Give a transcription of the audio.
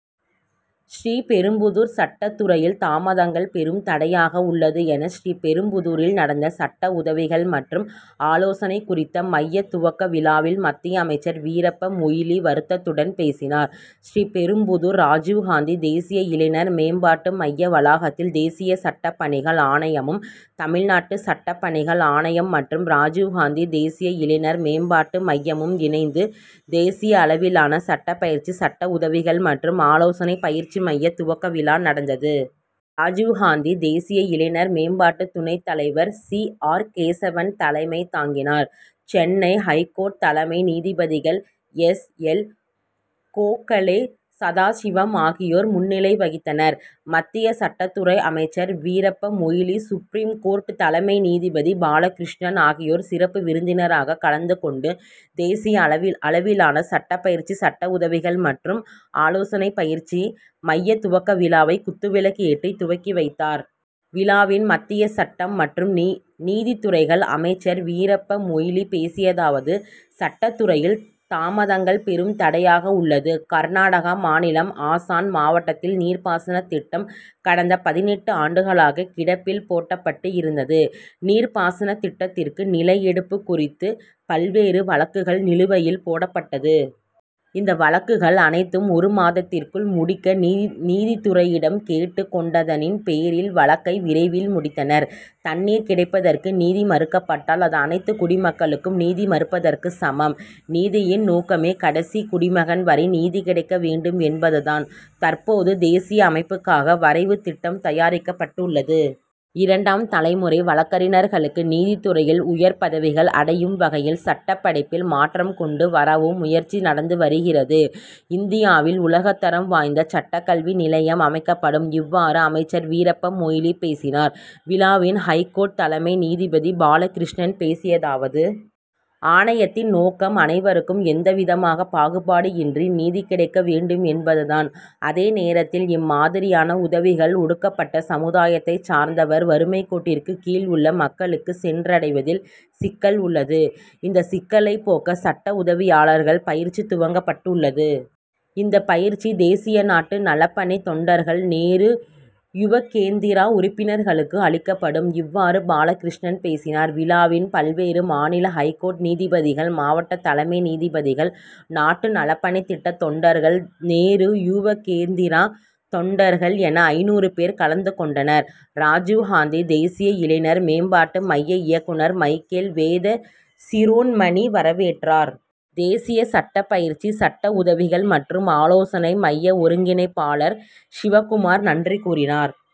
ஸ்ரீபெரும்புதூர் சட்டத் துறையில் தாமதங்கள் பெரும் தடையாக உள்ளது என ஸ்ரீபெரும்புதூரில் நடந்த சட்ட உதவிகள் மற்றும் ஆலோசனை குறித்த மைய துவக்க விழாவில் மத்திய அமைச்சர் வீரப்ப மொய்லி வருத்தத்துடன் பேசினார். ஸ்ரீ பெரும்புதூர் ராஜிவ்காந்தி தேசிய இளைஞர் மேம்பாட்டு மைய வளாகத்தில் தேசிய சட்டப் பணிகள் ஆணையமும் தமிழ்நாட்டு சட்டப் பணிகள் ஆணையம் மற்றும் ராஜிவ்காந்தி தேசிய இளைஞர் மேம்பாட்டு மையமும் இணைந்து தேசிய அளவிலான சட்டபயிற்சி சட்ட உதவிகள் மற்றும் ஆலோசனை பயிற்சி மையம் துவக்க விழா நடந்தது. ராஜிவ்காந்தி தேசிய இளைஞர் மேம்பாட்டு துணைத் தலைவர் சி. ஆர். கேசவன் தலைமை தாங்கினர். சென்னை ஐகோர்ட் தலைமை நீதிபதிகள் எச். எல். கோகலே சதாசிவம் ஆகியோர் முன்னிலை வகித்தனர். மத்திய சட்டத் துறை அமைச்சர் வீரப்பமொய்லி சுப்ரீம் கோர்ட் தலமை நீதிபதி பாலகிருஷ்ணன் ஆகியோர் சிறப்பு விருந்தினராக கலந்து கொண்டு தேசிய அளவில் அளவிளான சட்ட பயிற்சி சட்ட உதவிகள் மற்றும் ஆலோசனை பயிற்சி மையத்துவக்க விழாவை குத்து விளக்கு ஏற்றி துவக்கி வைத்தார். விழாவில் மத்திய சட்டம் மற்றும் நீதி நீதித்துறைகள் அமைச்சர் வீரப்பமொய்லி பேசியதாவது சட்டத்துறையில் தாமதங்கள் பெரும் தடையாக உள்ளது. கர்நாடகா மாநிலம் ஆசன் மாவட்டத் தில் நீர்பாசனத் திட்டம் கடந்த பதினெட்டு ஆண்டுகளாக கிடப்பில் போடப்பட்டு இருந்தது. நீர்ப்பாசன திட்டத்திற்கு நில எடுப்பு குறித்து பல்வேறு வழக்குகள் நிலுவையில் போடப்பட்டது. இந்த வழக்குகள் அனைத்தும் ஒரு மாதத்திற்குள் முடிக்க நீதி நீதித்துறையிடம் கேட்டுக் கொண்டதின் பேரில் வழக்கை விரைவில் முடித்தனர். தண்ணீர் கிடைப்பதற்கு நீதி மறுக்கப்பட்டால் அது அனைத்து குடிமக்களுக்கும் நீதி மறுப்பதற்கு சமம். நீதியின் நோக்கமே கடைசி குடிமகன் வரை நீதி கிடைக்க வேண்டும் என்பதுதான். தற்போது தேசிய அமைப்புக்கான வரைவு திட்டம் தயாரிக்கப்பட்டுள்ளது. இரண்டாம் தலைமுறை வழக்கறிஞர்களுக்கு நீதித்துறையில் உயர் பதவிகள் அடையும் வகையில் சட்டப் படிப்பில் மாற்றம் கொண்டு வரவும் முயற்சி நடந்து வருகிறது. இந்தியாவில் உலகத்தரம் வாய்ந்த சட்ட கல்வி நிலையம் அமைக்கப்படும். இவ்வாறு அமைச்சர் வீரப்பமொய்லி பேசினார். விழாவில் ஐகோர்ட் தலைமை நீதிபதி பாலகிருஷ்ணன் பேசியதாவது. ஆணையத்தின் நோக்கம் அனைவருக்கும் எந்தவிதமான பாகுபாடு இன்றி நீதி கிடைக்க வேண்டும் என்பது தான். அதே நேரத்தில் இம்மாதிரியான உதவிகள் ஒடுக்கப்பட்ட சமுதாயத்தை சார்ந்தவர் வறுமைக் கோட்டிற்கு கீழ் உள்ள மக்களுக்கு சென்றடைவதில் சிக்கல் உள்ளது. இந்த சிக்கலை போக்க சட்ட உதவியாளர்கள் பயிற்சி துவங்கப்பட்டுள்ளது. இந்த பயிற்சி தேசிய நாட்டு நலப்பணி தொண்டர்கள் நேரு யுவக்கேந்திரா உறுப்பினர்களுக்கு அளிக்கப்படும். இவ்வாறு பாலகிருஷ்ணன் பேசினார். விழாவில் பல்வேறு மாநில ஹைகோர்ட் நீதிபதிகள் மாவட்ட தலைமை நீதிபதிகள் நாட்டு நலப்பணித்திட்ட தொண்டர்கள் நேரு யுவக்கேந்திரா தொண்டர்கள் என ஐநூறு பேர் கலந்துகொண்டனர். ராஜிவ்காந்தி தேசிய இளைஞர் மேம்பாட்டு மைய இயக்குனர் மைக்கேல் வேத சிரோண்மணி வரவேற்றார். தேசிய சட்ட பயிற்சி சட்ட உதவிகள் மற்றும் ஆலோசனை மைய ஒருங்கிணைப்பாளர் சிவகுமார் நன்றி கூறினார்.